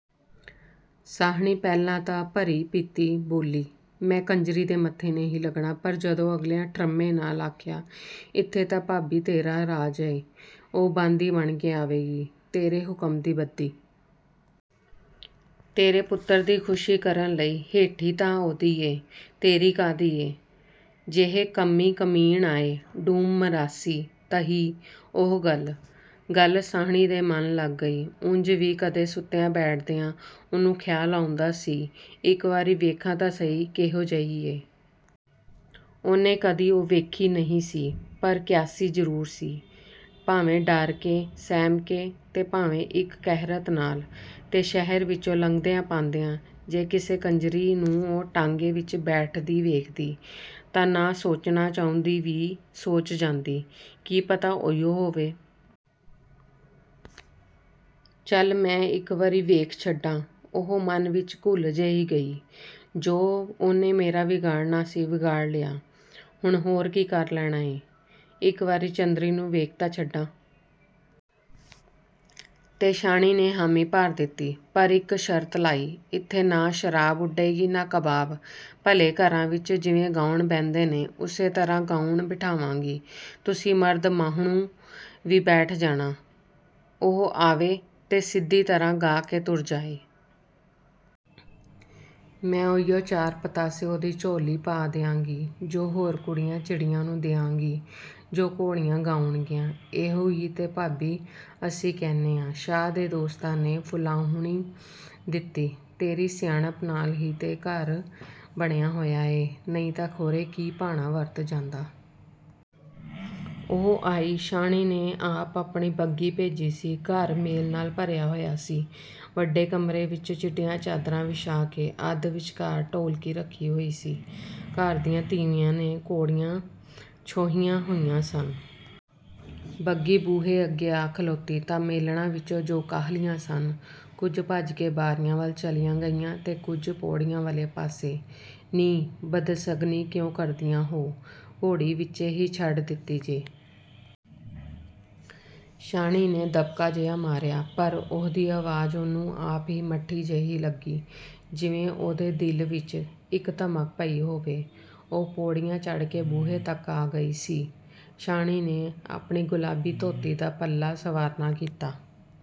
ਸ਼ਾਹਣੀ ਪਹਿਲਾਂ ਤਾਂ ਭਰੀ-ਪੀਤੀ ਬੋਲੀ, "ਮੈਂ ਉਸ ਕੰਜਰੀ ਦੇ ਮੱਥੇ ਨਹੀਂ ਲੱਗਣਾ।" ਪਰ ਜਦੋਂ ਅਗਲਿਆਂ ਠਰ੍ਹੰਮੇ ਨਾਲ ਆਖਿਆ, "ਇੱਥੇ ਤਾਂ ਭਾਬੀ, ਤੇਰਾ ਰਾਜ ਏ। ਉਹ ਬਾਂਦੀ ਬਣ ਕੇ ਆਵੇਗੀ, ਤੇਰੇ ਹੁਕਮ ਦੀ ਬੱਧੀ। ਤੇਰੇ ਪੁੱਤਰ ਦੀ ਖੁਸ਼ੀ ਕਰਨ ਲਈ। ਹੇਠੀ ਤਾਂ ਉਹਦੀ ਏ, ਤੇਰੀ ਕਾਹਦੀ ਏ? ਜਿਹੇ ਕੰਮੀ-ਕਮੀਣ ਆਏ, ਡੂਮ-ਮਰਾਸੀ, ਤਹੀ ਉਹ।" ਗੱਲ ਸ਼ਾਹਣੀ ਦੇ ਮਨ ਲੱਗ ਗਈ। ਉਂਜ ਵੀ ਕਦੇ ਸੁੱਤਿਆਂ-ਬੈਠਦਿਆਂ ਉਹਨੂੰ ਖ਼ਿਆਲ ਆਉਂਦਾ ਸੀ, "ਇੱਕ ਵਾਰੀ ਵੇਖਾਂ ਤਾਂ ਸਹੀ, ਕਿਹੋ ਜਿਹੀ ਏ?" ਉਹਨੇ ਕਦੀ ਉਹ ਵੇਖੀ ਨਹੀਂ ਸੀ, ਪਰ ਕਿਆਸੀ ਜ਼ਰੂਰ ਸੀ, ਭਾਵੇਂ ਡਰ ਕੇ ਸਹਿਮ ਕੇ, ਤੇ ਭਾਵੇਂ ਇੱਕ ਕਰਿਹਤ ਨਾਲ। ਤੇ ਸ਼ਹਿਰ ਵਿਚੋਂ ਲੰਘਦਿਆਂ-ਪਾਂਦਿਆਂ, ਜੇ ਕਿਸੇ ਕੰਜਰੀ ਨੂੰ ਉਹ ਟਾਂਗੇ ਵਿਚ ਬੈਠੀ ਵੇਖਦੀ, ਤਾਂ ਨਾ ਸੋਚਣਾ ਚਾਹੁੰਦੀ ਵੀ ਸੋਚ ਜਾਂਦੀ, "ਕੀ ਪਤਾ ਉਹੀਉ ਹੋਵੇ?" "ਚੱਲ, ਮੈਂ ਵੀ ਇੱਕ ਵਾਰੀ ਵੇਖ ਛੱਡਾਂ," ਉਹ ਮਨ ਵਿਚ ਘੁਲ ਜਿਹੀ ਗਈ। "ਜੋ ਉਹਨੇ ਮੇਰਾ ਵਿਗਾੜਣਾ ਸੀ, ਵਿਗਾੜ ਲਿਆ। ਹੁਣ ਹੋਰ ਕੀ ਕਰ ਲੈਣਾ ਏ! ਇੱਕ ਵਾਰੀ ਚੰਦਰੀ ਨੂੰ ਵੇਖ ਤਾਂ ਛੱਡਾਂ।" ਤੇ ਸ਼ਾਹਣੀ ਨੇ ਹਾਮੀ ਭਰ ਦਿੱਤੀ, ਪਰ ਇੱਕ ਸ਼ਰਤ ਲਾਈ, "ਇੱਥੇ ਨਾ ਸ਼ਰਾਬ ਉਡੇਗੀ, ਨਾ ਕਬਾਬ। ਭਲੇ ਘਰਾਂ ਵਿਚ ਜਿਵੇਂ ਗਾਉਣ ਬਹਿੰਦੇ ਨੇ, ਉਸੇ ਤਰ੍ਹਾਂ ਗਾਉਣ ਬਿਠਾਵਾਂਗੀ। ਤੁਸੀਂ ਮਰਦ-ਮਾਹਣੂ ਵੀ ਬੈਠ ਜਾਣਾ। ਉਹ ਆਵੇ, ਤੇ ਸਿੱਧੀ ਤਰ੍ਹਾਂ ਗਾ ਕੇ ਤੁਰ ਜਾਏ। ਮੈਂ ਉਹੀਉ ਚਾਰ ਪਤਾਸੇ ਉਹਦੀ ਝੋਲੀ ਪਾ ਦਿਆਂਗੀ, ਜੋ ਹੋਰ ਕੁੜੀਆਂ-ਚਿੜੀਆਂ ਨੂੰ ਦਿਆਂਗੀ, ਜੋ ਘੋੜੀਆਂ ਗਾਉਣਗੀਆਂ।" "ਇਹੋ ਹੀ ਤੇ ਭਾਬੀ, ਅਸੀਂ ਕਹਿਣੇ ਆਂ।" ਸ਼ਾਹ ਦੇ ਦੋਸਤਾਂ ਨੇ ਫੁਲਾਹੁਣੀ ਦਿੱਤੀ। "ਤੇਰੀ ਸਿਆਣਪ ਨਾਲ ਹੀ ਤੇ ਘਰ ਬਣਿਆ ਹੋਇਆ ਏ, ਨਹੀਂ ਤਾਂ ਖੌਰੇ ਕੀ ਭਾਣਾ ਵਰਤ ਜਾਂਦਾ।" ਉਹ ਆਈ। ਸ਼ਾਹਣੀ ਨੇ ਆਪ ਆਪਣੀ ਬੱਘੀ ਭੇਜੀ ਸੀ। ਘਰ ਮੇਲ ਨਾਲ ਭਰਿਆ ਹੋਇਆ ਸੀ। ਵੱਡੇ ਕਮਰੇ ਵਿਚ ਚਿੱਟੀਆਂ ਚਾਦਰਾਂ ਵਿਛਾ ਕੇ, ਅੱਧ ਵਿਚਕਾਰ ਢੋਲਕੀ ਰੱਖੀ ਹੋਈ ਸੀ। ਘਰ ਦੀਆਂ ਤੀਵੀਆਂ ਨੇ ਘੋੜੀਆਂ ਛੋਹੀਆਂ ਹੋਈਆਂ ਸਨ। ਬੱਘੀ ਬੂਹੇ ਅੱਗੇ ਆ ਖਲੋਤੀ ਤਾਂ ਮੇਲਣਾਂ ਵਿਚੋਂ ਜੋ ਕਾਹਲੀਆਂ ਸਨ, ਕੁਝ ਭੱਜ ਕੇ ਬਾਰੀਆਂ ਵੱਲ ਚਲੀਆਂ ਗਈਆਂ ਤੇ ਕੁਝ ਪੌੜੀਆਂ ਵਾਲੇ ਪਾਸੇ। "ਨੀ, ਬਦਸਗਣੀ ਕਿਉਂ ਕਰਦੀਆਂ ਹੋ? ਘੋੜੀ ਵਿਚੇ ਹੀ ਛੱਡ ਦਿੱਤੀ ਜੇ।" ਸ਼ਾਹਣੀ ਨੇ ਦਬਕਾ ਜਿਹਾ ਮਾਰਿਆ, ਪਰ ਉਹਦੀ ਆਵਾਜ਼ ਉਹਨੂੰ ਆਪ ਹੀ ਮੱਠੀ ਜਿਹੀ ਲੱਗੀ, ਜਿਵੇਂ ਉਹਦੇ ਦਿਲ ਵਿਚ ਇੱਕ ਧਮਕ ਪਈ ਹੋਵੇ। ਉਹ ਪੌੜੀਆਂ ਚੜ੍ਹ ਕੇ ਬੂਹੇ ਤੱਕ ਆ ਗਈ ਸੀ। ਸ਼ਾਹਣੀ ਨੇ ਆਪਣੀ ਗੁਲਾਬੀ ਧੋਤੀ ਦਾ ਪੱਲਾ ਸਵਾਰਨਾ ਕੀਤਾ।